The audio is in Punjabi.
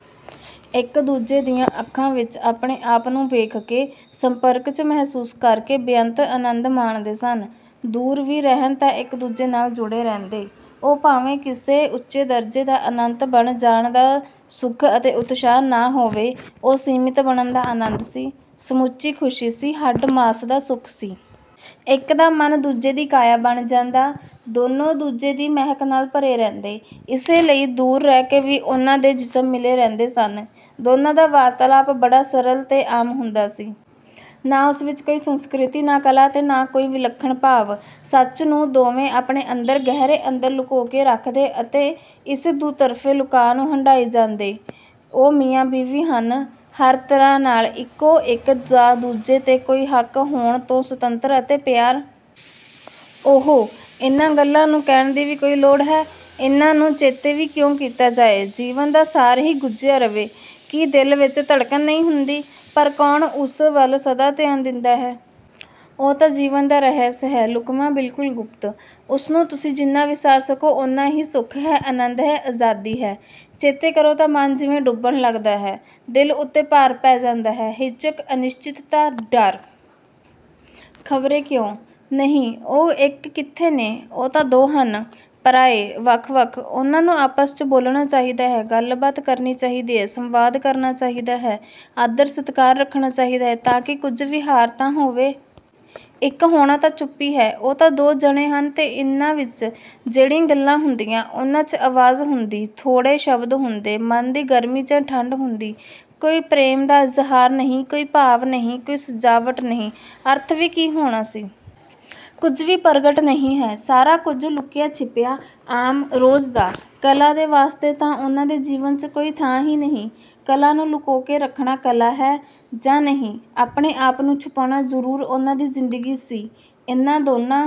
ਇੱਕ-ਦੂਜੇ ਦੀਆਂ ਅੱਖਾਂ ਵਿੱਚ ਆਪਣੇ-ਆਪ ਨੂੰ ਵੇਖ ਕੇ, ਸੰਪਰਕ 'ਚ ਮਹਿਸੂਸ ਕਰਕੇ ਬੇਅੰਤ ਅਨੰਦ ਮਾਣਦੇ ਸਨ। ਦੂਰ ਵੀ ਰਹਿਣ ਤਾਂ ਇੱਕ-ਦੂਜੇ ਨਾਲ ਜੁੜੇ ਰਹਿੰਦੇ। ਉਹ ਭਾਵੇਂ ਕਿਸੇ ਉੱਚੇ ਦਰਜੇ ਦਾ ਅਨੰਤ ਬਣ ਜਾਣ ਦਾ ਸੁੱਖ ਅਤੇ ਉਤਸ਼ਾਹ ਨਾ ਹੋਵੇ, ਉਹ ਸੀਮਿਤ ਬਣਨ ਦਾ ਅਨੰਦ ਸੀ, ਸਮੁਚੀ ਖੁਸ਼ੀ ਸੀ, ਹੱਡ-ਮਾਸ ਦਾ ਸੁੱਖ ਸੀ! ਇੱਕ ਦਾ ਮਨ ਦੂਜੇ ਦੀ ਕਾਇਆ ਬਣ ਜਾਂਦਾ, ਦੋਨੋ ਦੂਜੇ ਦੀ ਮਹਿਕ ਨਾਲ ਭਰੇ ਰਹਿੰਦੇ, ਇਸੇ ਲਈ ਦੂਰ ਰਹਿਕੇ ਵੀ ਉਨ੍ਹਾਂ ਦੇ ਜਿਸਮ ਮਿਲੇ ਰਹਿੰਦੇ ਸਨ। ਦੋਨਾਂ ਦਾ ਵਾਰਤਾਲਾਪ ਬੜਾ ਸਰਲ 'ਤੇ ਆਮ ਹੁੰਦਾ ਸੀ। ਨਾ ਉਸ ਵਿੱਚ ਕੋਈ ਸੰਸਕ੍ਰਿਤੀ, ਨਾ ਕਲਾ ਅਤੇ ਨਾ ਕੋਈ ਵਿਲੱਖਣ ਭਾਵ! ਸੱਚ ਨੂੰ ਦੋਵੇਂ ਆਪਣੇ ਅੰਦਰ, ਗਹਿਰੇ ਅੰਦਰ, ਲੁਕੋ ਕੇ ਰੱਖਦੇ ਅਤੇ ਇਸ ਦੁਤਰਫ਼ੇ ਲੁਕਾਅ ਨੂੰ ਹੰਢਾਈ ਜਾਂਦੇ। ਉਹ ਮੀਆਂ-ਬੀਵੀ ਹਨ, ਹਰ ਤਰ੍ਹਾਂ ਨਾਲ ਇੱਕੋ, ਇੱਕ ਦਾ ਦੂਜੇ 'ਤੇ ਕੋਈ ਹੱਕ ਹੋਣ ਤੋਂ ਸੁਤੰਤਰ, ਅਤੇ ਪਿਆਰ? ਓਹੋ! ਇਨਾ ਗੱਲਾਂ ਨੂੰ ਕਹਿਣ ਦੀ ਵੀ ਕੋਈ ਲੋੜ ਹੈ? ਇੰਨਾ ਨੂੰ ਚੇਤੇ ਵੀ ਕਿਓਂ ਕੀਤਾ ਜਾਏ? ਜੀਵਨ ਦਾ ਸਾਰ ਗੁਝਿਆ ਹੀ ਰਵੇ। ਕੀ ਦਿਲ ਵਿੱਚ ਧੜਕਣ ਨਹੀਂ ਹੁੰਦੀ? ਪਰ ਕੌਣ ਉਸ ਵੱਲ ਸਦਾ ਧਿਆਨ ਦਿੰਦਾ ਹੈ? ਉਹ ਤਾਂ ਜੀਵਨ ਦਾ ਰਹਿਸ ਹੈ; ਲੁਕਵਾਂ, ਬਿਲਕੁਲ ਗੁਪਤ। ਉਸਨੂੰ ਤੁਸੀ ਜਿੰਨਾ ਵਿਸਾਰ ਸਕੋ ਉਨ੍ਹਾਂ ਹੀ ਸੁੱਖ ਹੈ, ਅਨੰਦ ਹੈ, ਆਜ਼ਾਦੀ ਹੈ। ਚੇਤੇ ਕਰੋ ਤਾਂ ਮਨ ਜਿਵੇਂ ਡੁੱਬਣ ਲੱਗਦਾ ਹੈ, ਦਿਲ ਉੱਤੇ ਭਾਰ ਪੈ ਜਾਂਦਾ ਹੈ, ਹਿਚਕ, ਅਨਿਸ਼ਚਿਤਤਾ, ਡਰ... ਖਵਰੇ ਕਿਓਂ। ਨਹੀਂ, ਉਹ ਇੱਕ ਕਿੱਥੇ ਨੇ, ਉਹ ਤਾਂ ਦੋ ਹਨ, ਪਰਾਏ, ਵੱਖ-ਵੱਖ, ਉਨ੍ਹਾਂ ਨੂੰ ਆਪਸ 'ਚ ਬੋਲਣਾ ਚਾਹਿਦਾ ਹੈ, ਗੱਲ-ਬਾਤ ਕਰਨੀ ਚਾਹਿਦੀ ਹੈ, ਸੰਵਾਦ ਕਰਨਾ ਚਾਹਿਦਾ ਹੈ, ਆਦਰ-ਸਤਿਕਾਰ ਰੱਖਣਾ ਚਾਹਿਦਾ ਹੈ, ਤਾ ਕਿ ਕੁੱਝ ਵਿਹਾਰ ਤਾਂ ਹੋਵੇ। ਇੱਕ ਹੋਣਾ ਤਾਂ ਚੁੱਪੀ ਹੈ, ਉਹ ਤਾਂ ਦੋ ਜਣੇ ਹਨ ਅਤੇ ਇੰਨਾਂ ਵਿੱਚ ਜਿਹੜੀਆਂ ਗੱਲਾਂ ਹੁੰਦੀਆਂ, ਉਨ੍ਹਾਂ 'ਚ ਅਵਾਜ਼ ਹੁੰਦੀ, ਥੋੜੇ ਸ਼ਬਦ ਹੁੰਦੇ, ਮਨ ਦੀ ਗਰਮੀ ਜਾਂ ਠੰਡ ਹੁੰਦੀ। ਕੋਈ ਪ੍ਰੇਮ ਦਾ ਇਜ਼ਹਾਰ ਨਹੀਂ, ਕੋਈ ਭਾਵ ਨਹੀਂ, ਕੋਈ ਸਜਾਵਟ ਨਹੀਂ, ਅਰਥ ਵੀ ਕੀ ਹੋਣਾ ਸੀ? ਕੁੱਝ ਵੀ ਪਰਗਟ ਨਹੀਂ ਹੈ, ਸਾਰਾ ਕੁੱਝ ਲੁੱਕਿਆ-ਛੁੱਪਿਆ, ਆਮ, ਰੋਜ਼ ਦਾ। ਕਲਾ ਦੇ ਵਾਸਤੇ ਤਾਂ ਉਹਨਾਂ ਦੇ ਜੀਵਨ 'ਚ ਕੋਈ ਥ੍ਹਾਂ ਹੀ ਨਹੀਂ! ਕਲਾ ਨੂੰ ਲੁਕੋਕੇ ਰੱਖਣਾ ਕਲਾ ਹੈ ਜਾਂ ਨਹੀਂ, ਆਪਣੇ-ਆਪ ਨੂੰ ਛੁਪਾਣਾ ਜ਼ਰੂਰ ਉਨ੍ਹਾਂ ਦੀ ਜ਼ਿੰਦਗੀ ਸੀ। ਇੰਨਾ ਦੋਨਾਂ